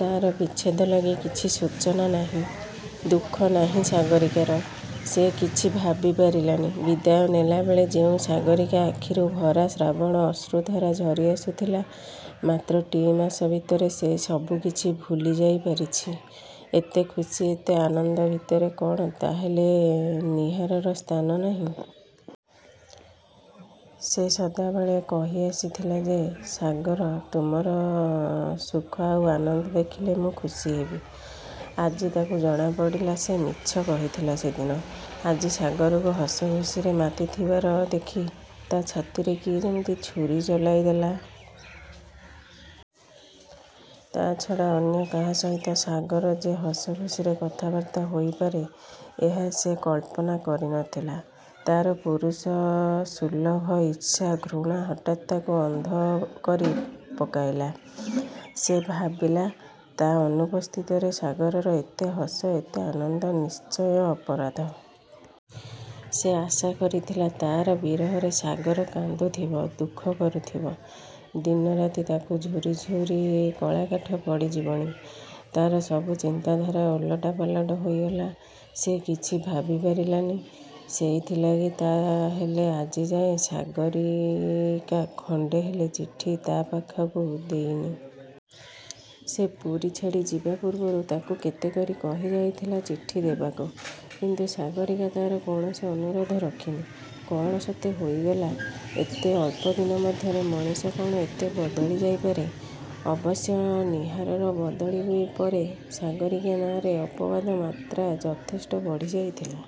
ତା'ର ବିଚ୍ଛେଦ ଲାଗି କିଛି ଶୋଚନା ନାହିଁ, ଦୁଃଖ ନାହିଁ ସାଗରୀକାର। ସେ କିଛି ଭାବିପାରିଲାନି। ବିଦାୟ ନେଲାବେଳେ ଯେଉଁ ସାଗରୀକା ଆଖିରୁ ଭରା ଶ୍ରାବଣର ଅଶ୍ରୁଧାରା ଝରି ଆସୁଥିଲା, ମାତ୍ର ଟି ମାସ ଭିତରେ ସେ ସବୁ କିଛି ଭୁଲିଯାଇ ପାରିଛି। ଏତେ ଖୁସି, ଏତେ ଆନନ୍ଦ ଭିତରେ କ'ଣ ତା'ହେଲେ ନୀହାରର ସ୍ଥାନ ନାହିଁ। ସେ ସଦାବେଳେ କହି ଆସିଥିଲା ଯେ ''ସାଗର–ତୁମର ସୁଖ ଆଉ ଆନନ୍ଦ ଦେଖିଲେ ମୁଁ ଖୁସି ହେବି। '' ଆଜି ତାକୁ ଜଣାପଡ଼ିଲା ସେ ମିଛ କହିଥିଲା ସେଦିନ। ଆଜି ସାଗରକୁ ହସଖୁସିରେ ମାତିଥିବାର ଦେଖି ତା' ଛାତିରେ କିଏ ଯେମିତି ଛୁରି ଚଳାଇ ଦେଲା। ତା'ଛଡ଼ା ଅନ୍ୟ କାହା ସହିତ ସାଗର ଯେ ହସଖୁସିରେ କଥାବାର୍ତ୍ତା ହୋଇପାରେ ଏହା ସେ କଳ୍ପନା କରିନଥିଲା। ତା'ର ପୁରୁଷ ସୁଲଭ ଈର୍ଷା ଘୁଣା ହଠାତ୍ ତାକୁ ଅନ୍ଧ କରି ପକାଇଲା। ସେ ଭାବିଲା ତା' ଅନୁପସ୍ଥିତିରେ ସାଗରର ଏତେ ହସ, ଏତେ ଆନନ୍ଦ ନିଶ୍ଚୟ ଅପରାଧ। ସେ ଆଶା କରିଥିଲା ତା'ର ବିରହରେ ସାଗର କାନ୍ଦୁଥିବ, ଦୁଃଖ କରୁଥିବ। ଦିନରାତି ତାକୁ ଝୁରି ଝୁରି କଳାକାଠ ପଡ଼ି ଯିବଣି। ତା'ର ସବୁ ଚିନ୍ତାଧାରା ଓଲଟ ପାଲଟ ହୋଇଗଲା। ସେ କିଛି ଭାବିପାରିଲାନି। ସେଇଥି ଲାଗି ତା'ହେଲେ ଆଜିଯାଏ ସାଗରୀକା ଖଣ୍ଡେ ହେଲେ ଚିଠି ତା' ପାଖକୁ ଦେଇନି। ସେ ପୁରୀ ଛାଡ଼ି ଯିବା ପୂର୍ବରୁ ତାକୁ କେତେ କରି କହିଯାଇଥିଲା ଚିଠି ଦେବାକୁ; କିନ୍ତୁ ସାଗରୀକା ତା'ର କୌଣସି ଅନୁରୋଧ ରଖିନି। କ'ଣ ସତେ ହୋଇଗଲା? ଏତେ ଅଳ୍ପଦିନ ମଧ୍ୟରେ; ମଣିଷ କ'ଣ ଏତେ ବଦଳି ଯାଇପାରେ? ଅବଶ୍ୟ ନୀହାରର ବଦଳି ପରେ ସାଗରୀକା ନାଁରେ ଅପବାଦର ମାତ୍ରା ଯଥେଷ୍ଟ ବଢ଼ିଯାଇଥିଲା।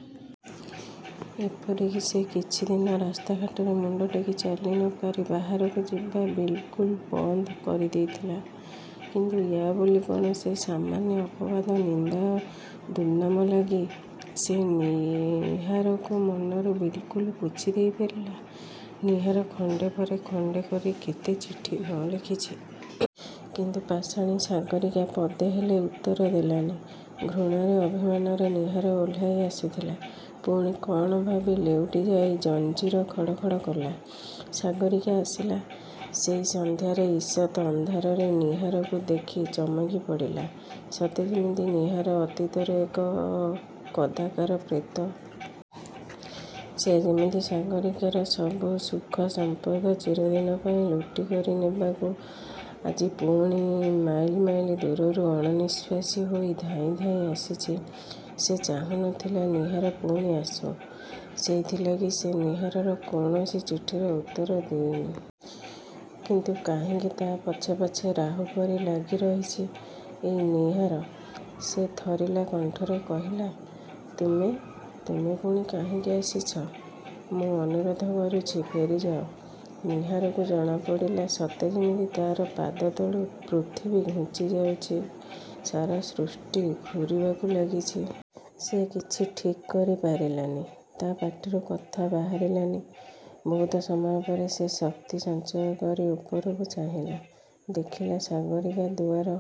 ଏପରିକି ସେ କିଛି ଦିନ ରାସ୍ତା ଘାଟରେ ମୁଣ୍ଡ ଟେକି ଚାଲିନପାରି ବାହାରକୁ ଯିବା ବିଲ୍କୁଲ୍ ବନ୍ଦ କରିଦେଇଥିଲା। କିନ୍ତୁ ୟା ବୋଲି କ'ଣ ସେଇ ସାମାନ୍ୟ ଅପବାଦ, ନିନ୍ଦା ଓ ଦୁର୍ନାମ ଲାଗି ସେ ନୀହାରକୁ ମନରୁ ବିଲ୍କୁଲ୍ ପୋଛିଦେଇ ପାରିଲା। ନୀହାର ଖଣ୍ଡେ ପରେ ଖଣ୍ଡେ କରି କେତେ ଚିଠି ନ ଲେଖିଛି। କିନ୍ତୁ ପାଷାଣୀ ସାଗରୀକା ପଦେ ହେଲେ ଉତ୍ତର ଦେଲାନି। ଘୃଣାରେ, ଅଭିମାନରେ ନୀହାର ଓହ୍ଲାଇ ଆସୁଥିଲା। ପୁଣି କ'ଣ ଭାବି ଲେଉଟି ଯାଇ ଜଞ୍ଜିର ଖଡ଼ ଖଡ଼ କଲା। ସାଗରୀକା ଆସିଲା। ସେଇ ସନ୍ଧ୍ୟାରେ ଈଷତ୍ ଅନ୍ଧାରରେ ନୀହାରକୁ ଦେଖି ଚମକି ପଡ଼ିଲା। ସତେ ଯେମିତି ନୀହାର ଅତୀତର ଏକ କଦାକାର ପ୍ରେତ। ସେ ଯେମିତି ସାଗରୀକାର ସବୁ ସୁଖ ସମ୍ପଦ ଚିରଦିନ ପାଇଁ ଲୁଟି କରିନେବାକୁ ଆଜି ପୁଣି ମାଇଲ୍ ମାଇଲ୍ ଦୂରରୁ ଅଣନିଃଶ୍ୱାସୀ ହୋଇ ଧାଇଁ ଧାଇଁ ଆସିଛି। ସେ ଚାହୁଁନଥିଲା ନୀହାର ପୁଣି ଆସୁ। ସେଇଥି ଲାଗି ସେ ନୀହାରର କୌଣସି ଚିଠିର ଉତ୍ତର ଦେଇନି। କିନ୍ତୁ କାହିଁକି ତା' ପଛେ ପଛେ ରାହୁ ପରି ଲାଗି ରହିଛି ଏଇ ନୀହାର। ସେ ଥରିଲା କଣ୍ଠରେ କହିଲା–''ତୁମେ–ତୁମେ ପୁଣି କାହିଁକି ଆସିଛ? ମୁଁ ଅନୁରୋଧ କରୁଛି ଫେରିଯାଅ। '' ନୀହାରକୁ ଜଣାପଡ଼ିଲା ସତେ ଯେମିତି ତା'ର ପାଦ ତଳୁ ପୃଥିବୀ ଘୁଞ୍ଚି ଯାଉଛି–ସାରା ସୃଷ୍ଟି ଘୂରିବାକୁ ଲାଗିଛି। ସେ କିଛି ଠିକ୍ କରି ପାରିଲାନି। ତା' ପାଟିରୁ କଥା ବାହରିଲାନି। ବହୁତ ସମୟ ପରେ ସେ ଶକ୍ତି ସଞ୍ଚୟ କରି ଉପରକୁ ଚାହିଁଲା। ଦେଖିଲା ସାଗରୀକା ଦୁଆର